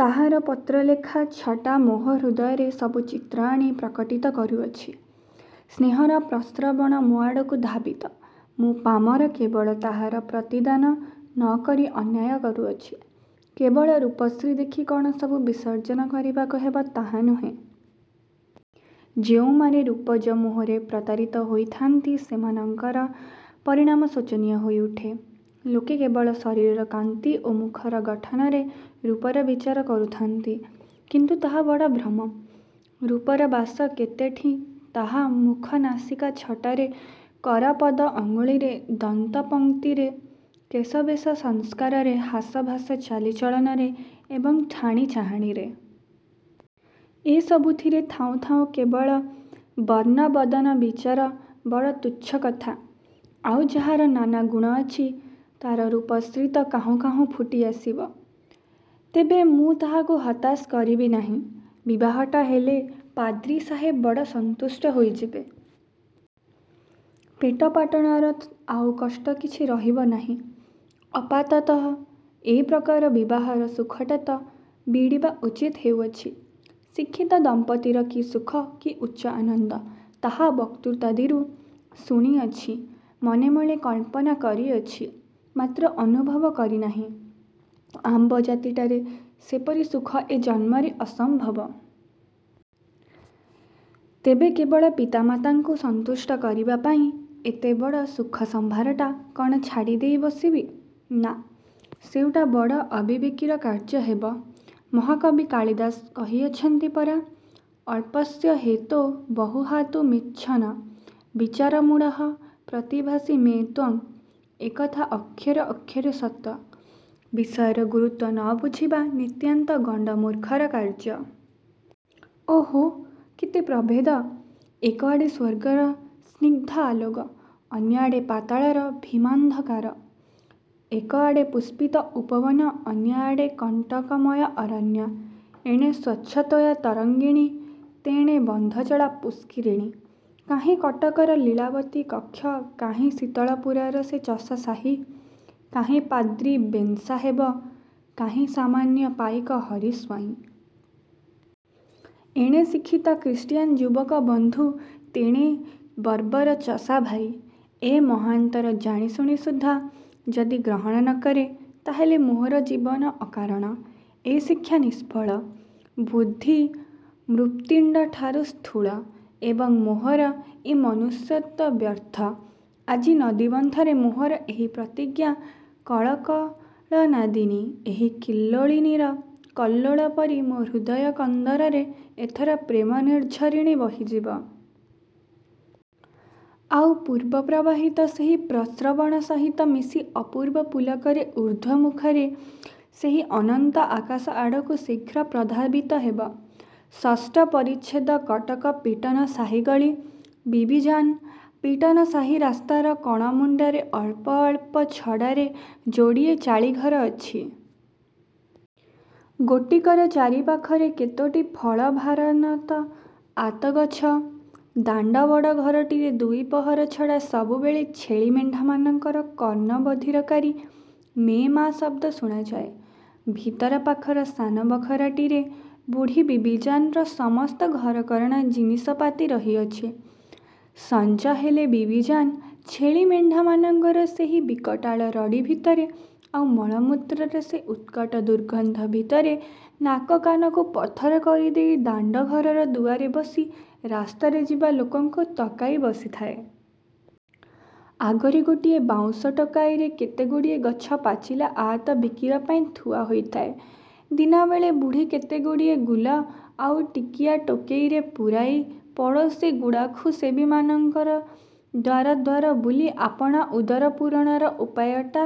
ତାହାର ପତ୍ରଲେଖା ଛଟା ମୋହ ହୃଦୟରେ ସବୁ ଚିତ୍ର ଆଣି ପ୍ରକଟିତ କରୁଅଛି। ସ୍ନେହର ପ୍ରସ୍ରବଣ ମୋ ଆଡ଼କୁ ଧାବିତ। ମୁଁ ପାମର କେବଳ ତାହାର ପ୍ରତିଦାନ ନ କରି ଅନ୍ୟାୟ କରୁଅଛି। କେବଳ ରୂପଶ୍ରୀ ଦେଖି କଣ ସବୁ ବିସର୍ଜନ କରିବାକୁ ହେବ, ତାହା ନୁହେଁ। ଯେଉଁମାନେ ରୂପଜ ମୋହରେ ପ୍ରତାରିତ ହୋଇଥାନ୍ତି, ସେମାନଙ୍କର ପରିଣାମ ଶୋଚନୀୟ ହୋଇଉଠେ। ଲୋକେ କେବଳ ଶରୀରର କାନ୍ତି ଓ ମୁଖର ଗଠନରେ ରୂପର ବିଚାର କରୁଥାନ୍ତି। କିନ୍ତୁ ତାହା ବଡ଼ ଭ୍ରମ। ରୂପର ବାସ କେତେଠିଁ ତାହା ମୁଖ ନାସିକା ଛଟାରେ କର ପଦ ଅଙ୍ଗୁଳିରେ - ଦନ୍ତପଂକ୍ତିରେ କେଶବେଶ ସଂସ୍କାରରେ ହାସ ଭାଷ ଚାଲି ଚଳନରେ ଏବଂ ଠାଣି ଚାହାଣିରେ। ଏ ସବୁଥିରେ ଥାଉଁ ଥାଉଁ କେବଳ ବର୍ଣ୍ଣବଦନବିଚାର ବଡ଼ ତୁଚ୍ଛ କଥା। ଆଉ ଯାହାର ନାନା ଗୁଣ ଅଛି, ତାର ରୂପଶ୍ରୀ ତ କାହୁଁ କାହୁଁ ଫୁଟିଆସିବ! ତେବେ ମୁଁ ତାହାକୁ ହତାଶ କରିବି ନାହିଁ। ବିବାହଟା ହେଲେ ପାଦ୍ରୀ ସାହେବ ବଡ଼ ସନ୍ତୁଷ୍ଟ ହୋଇଯିବେ। ପେଟପାଟଣାର ଆଉ କଷ୍ଟ କିଛି ରହିବ ନାହିଁ। ଆପାତତଃ ଏପ୍ରକାର ବିବାହର ସୁଖଟା ତ ବିଡ଼ିବା ଉଚିତ ହେଉଅଛି। ଶିକ୍ଷିତ ଦମ୍ପତୀର କି ସୁଖ, କି ଉଚ୍ଚ ଆନନ୍ଦ, ତାହା ବକ୍ତୃତାଦିରୁ ଶୁଣିଅଛି ମନେ ମନେ କଳ୍ପନା କରିଅଛି; ମାତ୍ର ଅନୁଭବ କରିନାହିଁ। ଆମ୍ଭ ଜାତିଟାରେ ସେପରି ସୁଖ ଏ ଜନ୍ମରେ ଅସମ୍ଭବ। ତେବେ କେବଳ ପିତାମାତାଙ୍କୁ ସନ୍ତୁଷ୍ଟ କରିବାପାଇଁ ଏତେବଡ଼ ସୁଖସମ୍ଭାରଟା କଣ ଛାଡ଼ିଦେଇ ବସିବି! ନା, ସେଉଟା ବଡ଼ ଅବିବେକିର କାର୍ଯ୍ୟ ହେବ। ମହାକବି କାଳିଦାସ କହିଅଛନ୍ତି ପରା-''ଅଳ୍ପସ୍ୟ ହେତୋ ର୍ବହୁହାତୁ ମିଚ୍ଛନ ବିଚାରମୂଢ଼ଃ ପ୍ରତିଭାସି ମେ ତ୍ୱଂ। '' ଏକଥା ଅକ୍ଷରେ ଅକ୍ଷରେ ସତ୍ୟ। ବିଷୟର ଗୁରୁତ୍ୱ ନ ବୁଝିବା ନିତାନ୍ତ ଗଣ୍ଡମୁର୍ଖର କାର୍ଯ୍ୟ। ଓହୋ! କେତେ ପ୍ରଭେଦ! ଏକଆଡ଼େ ସ୍ୱର୍ଗର ସ୍ନିଗ୍ଧ ଆଲୋକ- ଅନ୍ୟଆଡ଼େ ପାତାଳର ଭୀମାନ୍ଧକାର! ଏକଆଡ଼େ ପୁଷ୍ପିତ ଉପବନ ଅନ୍ୟଆଡ଼େ କଣ୍ଟକମୟ ଅରଣ୍ୟ! ଏଣେ ସ୍ୱଚ୍ଛତୋୟା ତରଙ୍ଗିଣୀ ତେଣେ ବନ୍ଧଜଳା ପୁଷ୍କରିଣୀ! କାହିଁ କଟକର ଲୀଳାବତୀ କକ୍ଷ କାହିଁ ଶୀତଳପୁରର ସେ ଚଷାସାହି। କାହିଁ ପାଦ୍ରୀ ବେନ୍ସାହେବ କାହିଁ ସାମାନ୍ୟ ପାଇକ ହରି ସ୍ୱାଇଁ। ଏଣେ ଶିକ୍ଷିତ ଖ୍ରୀଷ୍ଟିୟାନ ଯୁବକ ବନ୍ଧୁ ତେଣେ ବର୍ବର ଚଷା ଭାଇ! ଏ ମହାଅନ୍ତର ଜାଣିଶୁଣି ସୁଦ୍ଧା ଯଦି ଗ୍ରହଣ ନ କରେଁ, ତାହାହେଲେ ମୋହର ଜୀବନ ଅକାରଣ, ଏ ଶିକ୍ଷା ନିଷ୍ଫଳ, ବୁଦ୍ଧି ମୃତ୍ପିଣ୍ଡଠାରୁ ସ୍ଥୂଳ ଏବଂ ମୋହର ଏ ମନୁଷ୍ୟତ୍ୱ ବ୍ୟର୍ଥ। ଆଜି ନଦୀବନ୍ଧରେ ମୋହର ଏହି ପ୍ରତିଜ୍ଞା କଳକଳନାଦିନୀ ଏହି କଲ୍ଲୋଳିନୀର କଲ୍ଲୋଳ ପରି ମୋ ହୃଦୟକନ୍ଦରରେ ଏଥର ପ୍ରେମନିର୍ଝରିଣୀ ବହିଯିବ। ଆଉ ପୂର୍ବ ପ୍ରବାହିତ ସେହି ପ୍ରସ୍ରବଣ ସହିତ ମିଶି ଅପୂର୍ବ ପୁଲକରେ ଊର୍ଦ୍ଧ୍ୱମୁଖରେ ସେହି ଅନନ୍ତ ଆକାଶ ଆଡ଼କୁ ଶୀଘ୍ର ପ୍ରଧାବିତ ହେବ। '' ଷଷ୍ଠ ପରିଚ୍ଛେଦ କଟକ ପିଟନ ସାହି ଗଳି। ବିବିଜାନ୍। ପିଟନ ସାହି ରାସ୍ତାର କଣମୁଣ୍ଡରେ ଅଳ୍ପ ଅଳ୍ପ ଛଡ଼ାରେ ଯୋଡ଼ିଏ ଚାଳି ଘର ଅଛି। ଗୋଟିକର ଚାରିପାଖରେ କେତୋଟି ଫଳଭାରନତ ଆତଗଛ ଦାଣ୍ଡ ବଡ଼ ଘରଟିରେ ଦୁଇପହର ଛଡ଼ା ସବୁବେଳେ ଛେଳି ମେଣ୍ଢାମାନଙ୍କର କର୍ଣ୍ଣ ବଧିରକାରୀ ମେଁ-ମାଁ ଶଦ୍ଦ ଶୁଣାଯାଏ। ଭିତର ପାଖର ସାନ ବଖରାଟିରେ ବୁଢ଼ୀ ବିବିଜାନର ସମସ୍ତ ଘରକରଣା ଜିନିଷପାତି ରହିଅଛି। ସଞ୍ଜ ହେଲେ ବିବିଜାନ୍ ଛେଳି ମେଣ୍ଢାମାନଙ୍କର ସେହି ବିକଟାଳ ରଡ଼ି ଭିତରେ ଆଉ ମଳମୂତ୍ରର ସେ ଉତ୍କଟ ଦୁର୍ଗନ୍ଧ ଭିତରେ ନାକ କାନକୁ ପଥର କରିଦେଇ ଦାଣ୍ଡଘରର ଦୁଆରେ ବସି ରାସ୍ତାରେ ଯିବା ଲୋକଙ୍କୁ ତକାଇ ବସିଥାଏ। ଆଗରେ ଗୋଟିଏ ବାଉଁଶ ଟୋକାଇରେ କେତେଗୁଡ଼ିଏ ଗଛପାଚିଲା ଆତ ବିକିବା ପାଇଁ ଥୁଆ ହୋଇଥାଏ। ଦିନବେଳେ ବୁଢ଼ୀ କେତେଗୁଡ଼ିଏ ଗୁଲ ଆଉ ଟିକିଆ ଟୋକେଇରେ ପୂରାଇ ପଡ଼ୋସୀ ଗୁଡ଼ାଖୁସେବିମାନଙ୍କର ଦ୍ୱାର ଦ୍ୱାର ବୁଲି ଆପଣା ଉଦରପୂରଣର ଉପାୟଟା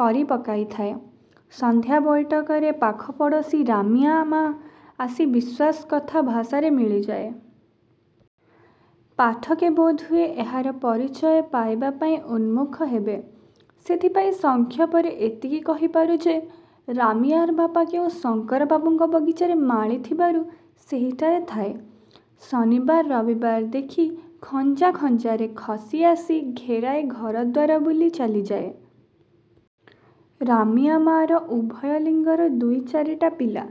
କରିପକାଇଥାଏ। ସନ୍ଧ୍ୟା ବୈଠକରେ ପାଖ ପଡ଼ୋସୀ ରାମିଆ ମା' ଆସି ବିଶ୍ୱାସ କଥା ଭାଷାରେ ମିଳିଯାଏ। ପାଠକେ, ବୋଧହୁଏ ଏହାର ପରିଚୟ ପାଇବାପାଇଁ ଉନ୍ମୁଖ ହେବେ। ସେଥିପାଇଁ ସଂକ୍ଷେପରେ ଏତିକି କହି ପାରୁଁ ଯେ, ରାମିଆର ବାପ କେଉଁ ଶଙ୍କର ବାବୁଙ୍କ ବଗିଚାରେ ମାଳି ଥିବାରୁ ସେହିଠାରେ ଥାଏ। ଶନିବାର ରବିବାର ଦେଖି ଖଞ୍ଜଖାଞ୍ଜରେ ଖସି ଆସି ଘେରାଏ ଘରଦ୍ୱାର ବୁଲି ଚାଲିଯାଏ। ରାମିଆ ମା'ର ଉଭୟ ଲିଙ୍ଗର ଦୁଇ ଚାରିଟା ପିଲା।